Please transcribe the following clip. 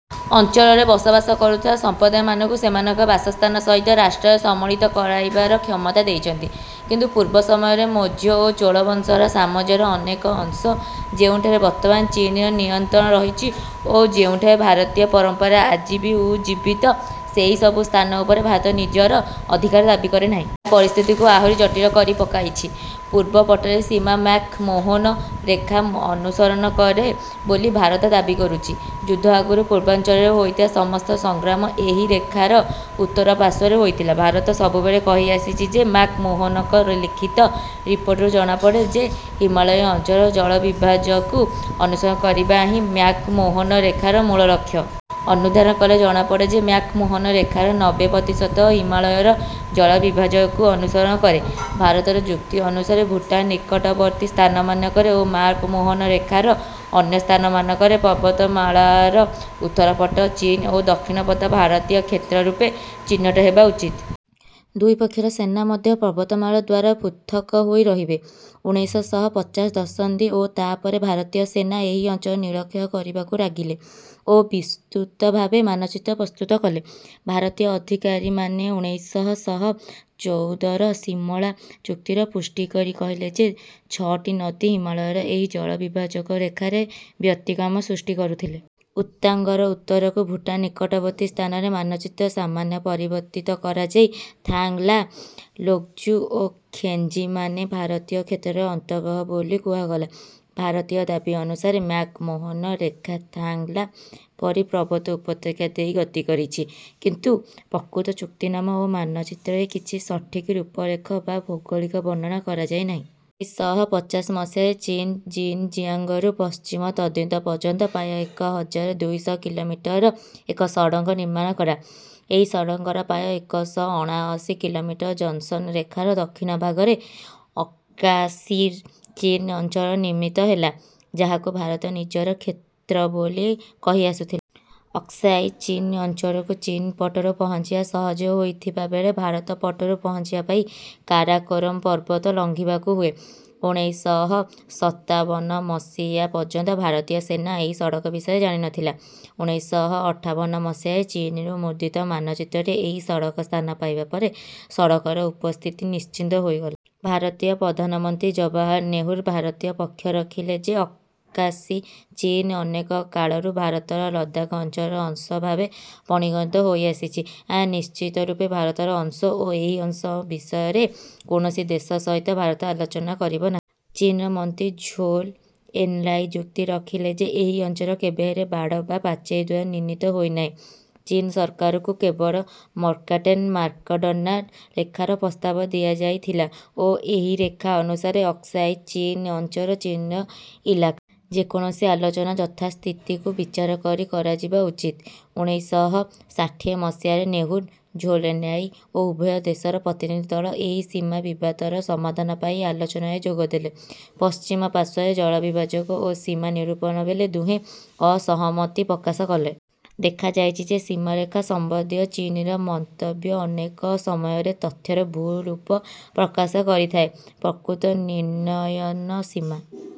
ଅଞ୍ଚଳରେ ବସବାସ କରୁଥିବା ସମ୍ପ୍ରଦାୟମାନଙ୍କୁ ସେମାନଙ୍କ ବାସସ୍ଥାନ ସହିତ ରାଷ୍ଟ୍ରରେ ସମ୍ମିଳିତ କରାଇବାର କ୍ଷମତା ଦେଇଛନ୍ତି। କିନ୍ତୁ ପୂର୍ବ ସମୟରେ ମୌର୍ଯ୍ୟ ଓ ଚୋଳ ବଂଶର ସାମ୍ରାଜ୍ୟର ଅନେକ ଅଂଶ ଯେଉଁଠାରେ ବର୍ତ୍ତମାନ ଚୀନ୍‌ର ନିୟନ୍ତ୍ରଣ ରହିଛି ଓ ଯେଉଁଠାରେ ଭାରତୀୟ ପରମ୍ପରା ଆଜି ବି ଉଜ୍ଜୀବିତ, ସେହି ସବୁ ସ୍ଥାନ ଉପରେ ଭାରତ ନିଜର ଅଧିକାର ଦାବି କରେ ନାହିଁ। ଏହା ପରିସ୍ଥିତିକୁ ଆହୁରି ଜଟିଳ କରିପକାଇଛି। ପୂର୍ବ ପଟରେ ସୀମା ମ୍ୟାକ୍-ମୋହନ ରେଖା ଅନୁସରଣ କରେ ବୋଲି ଭାରତ ଦାବି କରୁଛି। ଯୁଦ୍ଧ ଆଗରୁ ପୂର୍ବାଞ୍ଚଳରେ ହୋଇଥିବା ସମସ୍ତ ସଂଗ୍ରାମ ଏହି ରେଖାର ଉତ୍ତର ପାର୍ଶ୍ୱରେ ହୋଇଥିଲା। ଭାରତ ସବୁବେଳେ କହି ଆସିଛି ଯେ ମ୍ୟାକ୍-ମୋହନଙ୍କ ଲିଖିତ ରିପୋର୍ଟରୁ ଜଣାପଡ଼େ ଯେ ହିମାଳୟ ଅଞ୍ଚଳର ଜଳବିଭାଜକକୁ ଅନୁସରଣ କରିବା ହିଁ ମ୍ୟାକ୍-ମୋହନ ରେଖାର ମୂଳ ଲକ୍ଷ୍ୟ। ଅନୁଧ୍ୟାନ କଲେ ଜଣାପଡ଼େ ଯେ ମ୍ୟାକ୍-ମୋହନ ରେଖାର ନବେ ପ୍ରତିଶତ ହିମାଳୟର ଜଳବିଭାଜକକୁ ଅନୁସରଣ କରେ। ଭାରତର ଯୁକ୍ତି ଅନୁସାରେ ଭୁଟାନ୍ ନିକଟବର୍ତ୍ତୀ ସ୍ଥାନମାନଙ୍କରେ ଓ ମ୍ୟାକ୍-ମୋହନ ରେଖାର ଅନ୍ୟ ସ୍ଥାନମାନଙ୍କରେ ପର୍ବତମାଳାର ଉତ୍ତର ପଟ ଚୀନ୍ ଓ ଦକ୍ଷିଣ ପଟ ଭାରତୀୟ କ୍ଷେତ୍ର ରୂପେ ଚିହ୍ନଟ ହେବା ଉଚିତ। ଦୁଇ ପକ୍ଷର ସେନା ମଧ୍ୟ ପର୍ବତମାଳା ଦ୍ୱାରା ପୃଥକ୍ ହୋଇ ରହିବେ। ଉଣେଇଶ ଶହ ପଚାଶ ଦଶନ୍ଧି ଓ ତାହା ପରେ ଭାରତୀୟ ସେନା ଏହି ଅଞ୍ଚଳର ନିରୀକ୍ଷଣ କରିବାକୁ ଲାଗିଲେ ଓ ବିସ୍ତୃତ ଭାବେ ମାନଚିତ୍ର ପ୍ରସ୍ତୁତ କଲେ। ଭାରତୀୟ ଅଧିକାରୀମାନେ ଉଣେଇଶ ଶହ ଚଉଦର ସିମଳା ଚୁକ୍ତିର ପୁଷ୍ଟି କରି କହିଲେ ଯେ ଛଅଟି ନଦୀ ହିମାଳୟର ଏହି ଜଳବିଭାଜକ ରେଖାରେ ବ୍ୟତିକ୍ରମ ସୃଷ୍ଟି କରୁଥିଲେ। ତୱାଙ୍ଗ୍‌ର ଉତ୍ତରକୁ ଭୁଟାନ୍ ନିକଟବର୍ତ୍ତୀ ସ୍ଥାନରେ ମାନଚିତ୍ର ସାମାନ୍ୟ ପରିବର୍ତ୍ତିତ କରାଯାଇ ଥାଗ୍ ଲା, ଲୋଙ୍ଗ୍‌ଜୁ ଓ ଖିଞ୍ଜେମାନେ ଭାରତୀୟ କ୍ଷେତ୍ରର ଅନ୍ତର୍ଗତ ବୋଲି କୁହାଗଲା। ଭାରତୀୟ ଦାବି ଅନୁସାରେ ମ୍ୟାକ୍-ମୋହନ ରେଖା ଥାଗ୍ ଲା ପରି ପର୍ବତ ଉପତ୍ୟକା ଦେଇ ଗତି କରିଛି। କିନ୍ତୁ ପ୍ରକୃତ ଚୁକ୍ତିନାମା ଓ ମାନଚିତ୍ରରେ କିଛି ସଠିକ ରୂପରେଖ ବା ଭୌଗୋଳିକ ବର୍ଣ୍ଣନା କରାଯାଇ ନାହିଁ। ଉଣେଇଶ ଶହ ପଚାଶ ମସିହାରେ ଚୀନ୍ ଜିନ୍‌ଜିଆଙ୍ଗ୍‌ରୁ ପଶ୍ଚିମ ତିବ୍ଦତ ପର୍ଯ୍ୟନ୍ତ ପ୍ରାୟ ଏକ ହଜାର ଦୁଇ ଶହ କିଲୋମିଟର ର ଏକ ସଡ଼କ ନିର୍ମାଣ କଲା। ଏହି ସଡ଼କର ପ୍ରାୟ ଏକ ଶହ ଅଣାଅଶୀ କିଲୋମିଟର ଜନ୍‌ସନ୍ ରେଖାର ଦକ୍ଷିଣ ଭାଗରେ ଅକ୍ସାଇ ଚୀନ୍ ଅଞ୍ଚଳରେ ନିର୍ମିତ ହେଲା ଯାହାକୁ ଭାରତ ନିଜର କ୍ଷେତ୍ର ବୋଲି କହିଆସୁଥିଲା। ଅକ୍ସାଇ ଚୀନ୍ ଅଞ୍ଚଳକୁ ଚୀନ୍ ପଟରୁ ପହଞ୍ଚିବା ସହଜ ହୋଇଥିବା ବେଳେ ଭାରତ ପଟରୁ ପହଞ୍ଚିବା ପାଇଁ କାରାକୋରମ୍ ପର୍ବତ ଲଙ୍ଘିବାକୁ ହୁଏ। ଉଣେଇଶ ଶହ ସତାବନ ମସିହା ପର୍ଯ୍ୟନ୍ତ ଭାରତୀୟ ସେନା ଏହି ସଡ଼କ ବିଷୟରେ ଜାଣି ନ ଥିଲା। ଉଣେଇଶ ଶହ ଅଠାବନ ମସିହାରେ ଚୀନରୁ ମୁଦ୍ରିତ ମାନଚିତ୍ରରେ ଏହି ସଡ଼କ ସ୍ଥାନ ପାଇବା ପରେ ସଡ଼କର ଉପସ୍ଥିତି ନିଶ୍ଚିତ ହୋଇଗଲା। ଭାରତୀୟ ପ୍ରଧାନମନ୍ତ୍ରୀ ଜବାହରଲାଲ୍ ନେହେରୁ ଭାରତୀୟ ପକ୍ଷ ରଖିଲେ ଯେ ଅକ୍ସାଇ ଚୀନ୍ ଅନେକ କାଳରୁ ଭାରତର ଲଦାଖ୍ ଅଞ୍ଚଳର ଅଂଶ ଭାବେ ପରିଗଣିତ ହୋଇଆସିଛି, ଏହା ନିଶ୍ଚିତ ରୂପେ ଭାରତର ଅଂଶ ଓ ଏହି ଅଂଶ ବିଷୟରେ କୌଣସି ଦେଶ ସହିତ ଭାରତ ଆଲୋଚନା କରିବ ନାହିଁ। ଚୀନ୍‌ର ମନ୍ତ୍ରୀ ଝୋଉ ଏନ୍‌ଲାଇ ଯୁକ୍ତି ରଖିଲେ ଯେ ଏହି ଅଞ୍ଚଳ କେବେହେଲେ ବାଡ଼ ବା ପାଚେରୀ ଦ୍ୱାରା ନିର୍ଣ୍ଣୀତ ହୋଇ ନାହିଁ। ଚୀନ୍ ସରକାରକୁ କେବଳ ମକାର୍ଟ୍‌ନେ-ମ୍ୟାକ୍‌ଡନାଲ୍ଡ୍ ରେଖାର ପ୍ରସ୍ତାବ ଦିଆଯାଇଥିଲା ଓ ଏହି ରେଖା ଅନୁସାରେ ଅକ୍ସାଇ ଚୀନ୍ ଅଞ୍ଚଳ ଚୀନ୍‌ର ଇଲାକା। ଯେ କୌଣସି ଆଲୋଚନା ଯଥାସ୍ଥିତିକୁ ବିଚାର କରି କରାଯିବା ଉଚିତ। ଉଣେଇଶ ଶହ ଷାଠିଏ ମସିହାରେ ନେହେରୁ, ଝୋଉ ଏନ୍‌ଲାଇ ଓ ଉଭୟ ଦେଶର ପ୍ରତିନିଧି ଦଳ ଏହି ସୀମା ବିବାଦର ସମାଧାନ ପାଇଁ ଆଲୋଚନାରେ ଯୋଗ ଦେଲେ। ପଶ୍ଚିମ ପାର୍ଶ୍ୱରେ ଜଳବିଭାଜକ ଓ ସୀମା ନିରୂପଣ ବେଳେ ଦୁହେଁ ଅସହମତି ପ୍ରକାଶ କଲେ। ଦେଖାଯାଇଛି ଯେ ସୀମାରେଖା ସମ୍ବନ୍ଧୀୟ ଚୀନ୍‌ର ମନ୍ତବ୍ୟ ଅନେକ ସମୟରେ ତଥ୍ୟର ଭୁଲ ରୂପ ପ୍ରକାଶ କରିଥାଏ। ପ୍ରକୃତ ନିୟନ୍ତ୍ରଣ ସୀମା